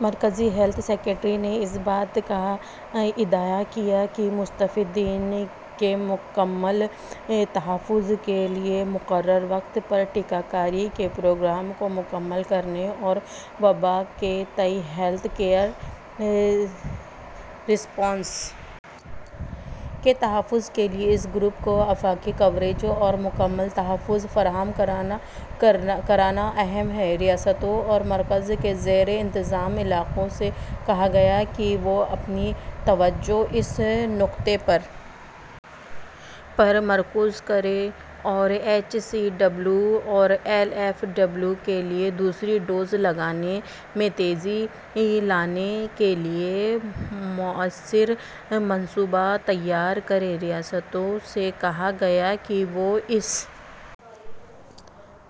مرکزی health secretary نے اس بات کا اعادہ کیا کہ مستفیدین کے مکمل تحفظ کے لیے مقررہ وقت پر ٹیکہ کاری کے پروگرام کو مکمل کرنے اور وبا کے تئیں ہیلتھ کیئر رسپانس کے تحفظ کے لیے اس گروپ کو آفاقی کوریج اور مکمل تحفظ فراہم کرنا اہم ہے ریاستوں اور مرکز کے زیر انتظام علاقوں سے کہا گیا ہے کہ وہ اپنی توجہ اس نکتہ پر مرکوز کریں اور ایچ سی ڈبلیو اور ایف ایل ڈبلیو کے لیے دوسری ڈوز لگانے میں تیزی لانے کے لیے موثر منصوبہ تیار کریں ریاستوں سے کہا گیا ہے کہ وہ اس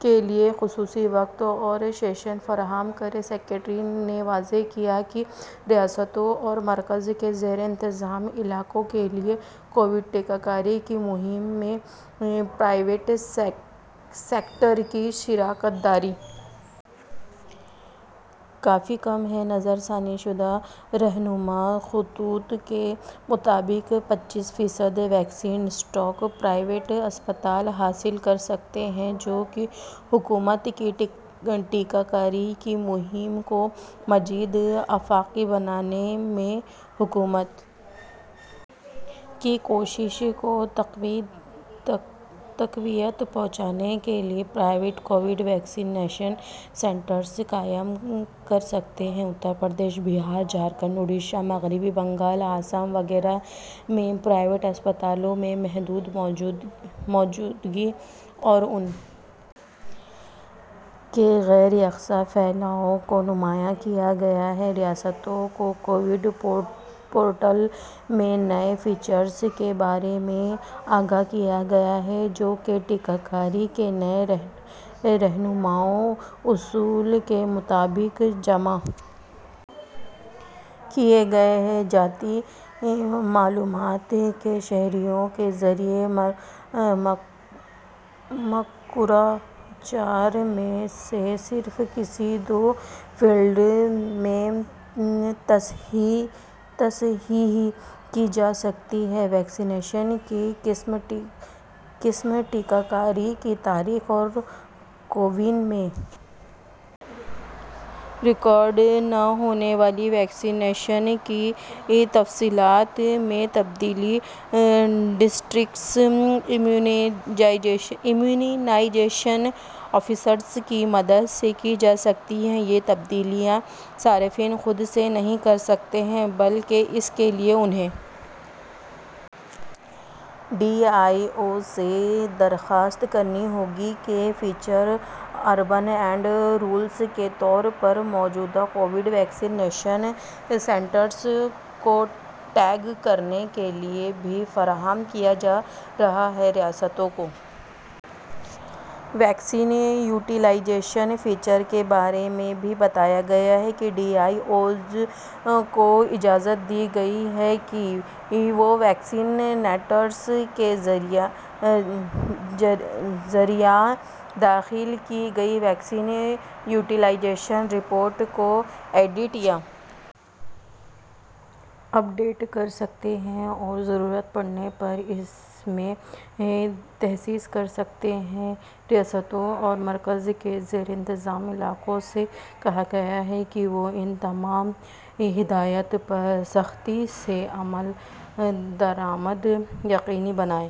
کے لیے خصوصی وقت اور سیشن فراہم کریں سکریٹری نے واضح کیا کہ ریاستوں اور مرکز کے زیر انتظام علاقوں کے لیے کووڈ ٹیکہ کاری کی مہم میں پرائیویٹ سیکٹر کی شراکت داری کافی کم ہے نظرثانی شدہ رہنما خطوط کے مطابق پچیس فیصد ویکسین اسٹاک پرائیویٹ اسپتال حاصل کر سکتے ہیں جو کہ حکومت کی ٹیکہ کاری کی مہم کو مزید آفاقی بنانے میں حکومت کی کوششوں کو تقویت پہنچانے کے لیے private covid vaccination centres قائم کر سکتے ہیں اتر پردیش بہار جھارکھنڈ اڈیشہ مغربی بنگال آسام وغیرہ میں پرائیویٹ اسپتالوں کی محدود موجودگی اور ان کے غیر یکساں پھیلاؤ کو نمایاں کیا گیا ریاستوں کو کووِن پورٹل میں نئے فیچرز کے بارے میں آگاہ کیا گیا ہے جو کہ ٹیکہ کاری کے نئے رہنما اصول کے مطابق جمع کیے گئے ہیں ذاتی معلومات میں شہریوں کے ذریعہ مذکورہ چار میں سے صرف کسی دو فیلڈز میں تصحیح کی جا سکتی ہے ویکسین کی قسم ٹیکہ کاری کی تاریخ اور کووِن میں ریکارڈ نہ ہونے والی ویکسی نیشن کی تفصیلات میں تبدیلی ڈسٹرکٹ امیونائزیشن آفیسرز کی مدد سے کی جا سکتی ہے یہ تبدیلیاں صارفین خود سے نہیں کر سکتے بلکہ اس کے لیے انہیں ڈی آئی او سے درخواست کرنی ہوگی ایک فیچر اربن اینڈ رورل کے طور پر موجودہ کووڈ ویکسی نیشن سینٹرز کو ٹیگ کرنے کے لیے بھی فراہم کیا جا رہا ہے ریاستوں کو ویکسین یوٹیلائزیشن فیچر کے بارے میں بھی بتایا گیا ہے ڈی آئی اوز کو اجازت دی گئی ہے کہ وہ ویکسی نیٹرس کے ذریعہ داخل کی گئی ویکسین یوٹیلائزیشن رپورٹ کو ایڈٹ یا اپ ڈیٹ کر سکتے ہیں اور ضرورت پڑنے پر اس میں تصحیح کر سکتے ہیں ریاستوں اور مرکز کے زیر انتظام علاقوں سے کہا گیا ہے کہ وہ ان تمام ہدایات پر سختی سے عمل درآمد یقینی بنائیں